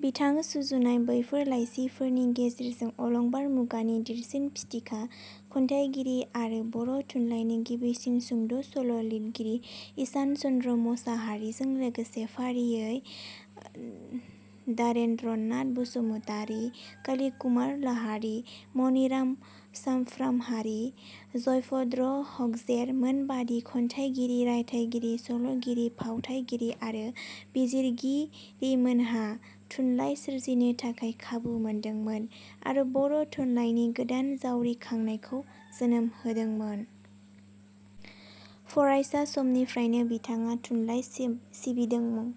बिथां सुजुनाय बैफोर लाइसिफोरनि गेजेरजों अलंबार मुगानि देरसिन फिथिखा खन्थाइगिरि आरो बर' थुलाइनि गिबिसिन सुंद' सल' लिरगिरि ईसान चन्द्र मोसाहारिजों लोगोसे फारियै द्वारेन्द्र नाथ बसुमतारी, काली कुमार लाहारी, मनिराम समफ्रामहारि, जयभद्र हागजेर मोनबादि खन्थाइगिरि, रायथाइगिरि, सल'गिरि, फावथाइगिरि आरो बिजिरगिरिमोनहा थुनलाइ सोरजिनो थाखाय खाबु मोनदोंमोन आरो बर' थुनलायनि गोदान जावरिखांनायखौ जोनोम होदोंमोन। फरायसा समनिफ्रायनो बिथाङा थुनलाइ सिबिबोदोंं।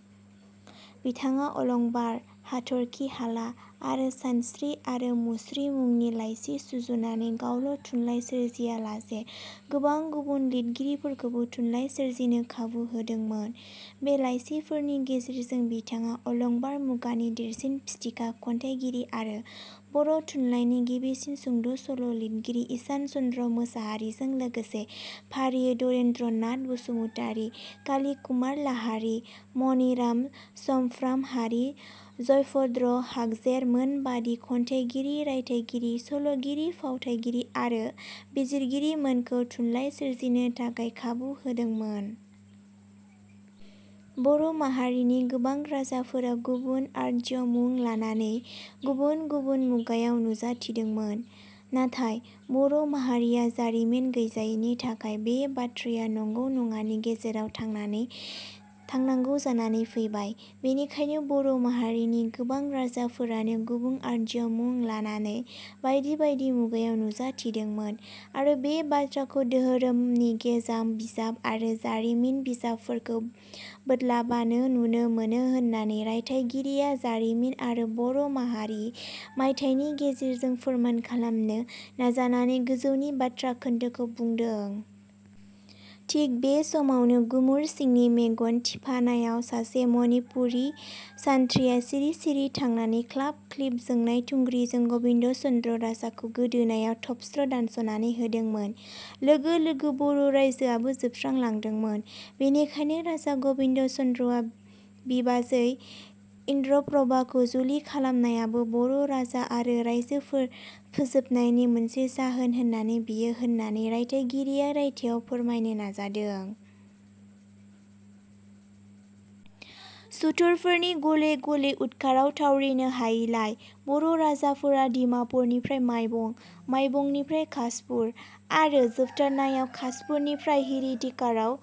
बिथाङा 'अलंबार', 'हाथर्खि हाला' आरो 'सानस्रि आरो मुस्रि' मुंनि लाइसि सुजुनानै गावल' थुनलाइ सोरजिया लासे गोबां गुबुन लिरगिरिफोरखौबो थुनलाइ सोरजिनो खाबु होदोंमोन। बे लाइसिफोरनि गेजेरजों बिथाङा अलंबार मुगानि देरसिन फिथिखा खन्थाइगिरि आरो बर' थुलाइनि गिबिसिन सुंद' सल' लिरगिरि ईसान चन्द्र मोसाहारि जों लोगोसे फारियै द्वारेन्द्र नाथ बसुमतारी, काली कुमार लाहारी, मनिराम समफ्रामहारि, जयभद्र हागजेर मोनबादि खन्थाइगिरि, रायथाइगिरि, सल'गिरि, फावथाइगिरि आरो बिजिरगिरिमोनखौ थुनलाइ सोरजिनो थाखाय खाबु होदोंमोन। बर' माहारिनि गोबां राजाफोरा गुबुन आर्ज्य मुं लानानै गुबुन गुबुन मुगायाव नुजाथिदोंमोन। नाथाइ बर' माहारिया जारिमिन गैजायिनि थाखाय बे बाथ्राया नंगौ नङानि गेजेराव थांनांगौ जानानै फैबाय। बेनिखायनो बर' माहारिनि गोबां राजाफोरानो गुबुन आर्ज्य मुं लानानै बायदि बायदि मुगायाव नुजाथिदोंमोन आरो बे बाथ्राखौ दोहोरोमनि गोजाम बिजाब आरो जारिमिन बिजाबफोरखौ बोदलाबानो नुनो मोनो होननानै रायथइगिरिया "जारिमिन आरो बर' माहारि" मायथाइनि गेजेरजों फोरमान खालामनो नाजानानै गोजौनि बाथ्रा खोन्दोखौ बुंदों। थिग बे समावनो गुमुर सिंनि मेगन थिफायनायाव सासे मनिपुरि सान्थ्रिया सिरि-सिरि थांनानै ख्लाब-ख्लिब जोंनाय थुग्रिजों गबिन्द' चन्द्र राजाखौ गोदोनायाव थबस्र' दानस'नानै होदोंमोन। लोगो लोगो बर' रायजोआबो जोबलांदोंमोन। बेनिखायनो राजा गबिन्द' चन्द्रआ बिबाजै इन्दुप्रभाखौ जुलि खालामनायानो बर' राजा आरो राइजो फोजोबनायनि मोनसे जाहोन जानानै फैयो होननानै राइथाइगिरिया रायथाइआव फोरमायनो नाजादों। सुथुरफोरनि गले गले उदखाराव थावरिनो हायैलाय बर' राजफोरा डिमापुरनिफ्राय माइबं, माइबंनिफ्राय खासपुर आरो जोबथारनायाव खासपुरनिफ्राय हरिटिकराव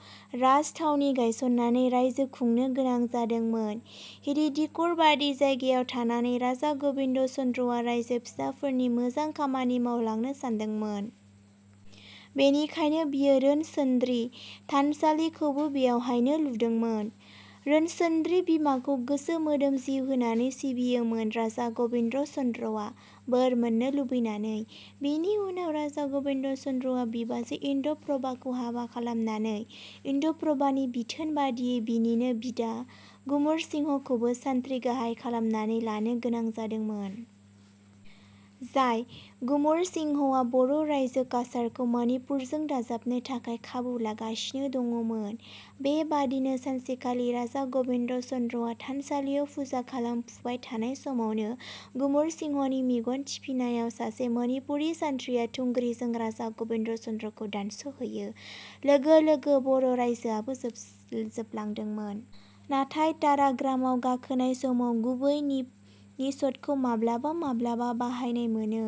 राजथावनि गायसननानै रायजो खुनो गोनां जादोंमोन। हरिटिकर बादि जायगायाव थानानै राजा गबिन्द चन्द्रआ रायजो फिसाफोरनि मोजां खामानि मावलांनो सानदोंमोन। बेनिखायनो बियो रोनसोन्द्रि थानसालिखौबो बेवहायनो लुदोंमोन। रोनसोन्द्रि बिमाखौ गोसो मोदोम जिउ होनानै सिबियोमोन राजा गबिन्द चन्द्रआ बोर मोननो लुबैनानै। बेनि उनाव राजा गबिन्द' चन्द्रआ बिबाजै इन्दुप्रभाखौ हाबा खालामनानै, इन्दुप्रभानि बिथोन बादियै बिनिनो बिदा गुमुरसिंहखौबो सानथ्रि गाहाय खालामनानै लानो गोनां जादोंमोन। जाय गुमुरसिंहआ बर' रायजो काछारखौ मनिपुरजों दाजाबनो थाखाय खाबु लागासिनो दंङ'मोन। बेबादिनो सानसेखालि राजा गबिन्द चन्द्रआ थानसालियाव फुजा खालामफुबाय थानाय समावनो गुमुरसिंहनि मेगन थिफायनायाव सासे मनिपुरी सानथ्रिया थुंग्रिजों राजा गबिन्द चन्द्रखौ दानस'हैयो। लोगो लोगो बर' रायजोआबो जोबलांदोंमोन। नाथाय तारा ग्रामाव गाखोनाय समाव गुरै निषादखौ माब्लाबा माब्लाबा बाहायनाय मोनो।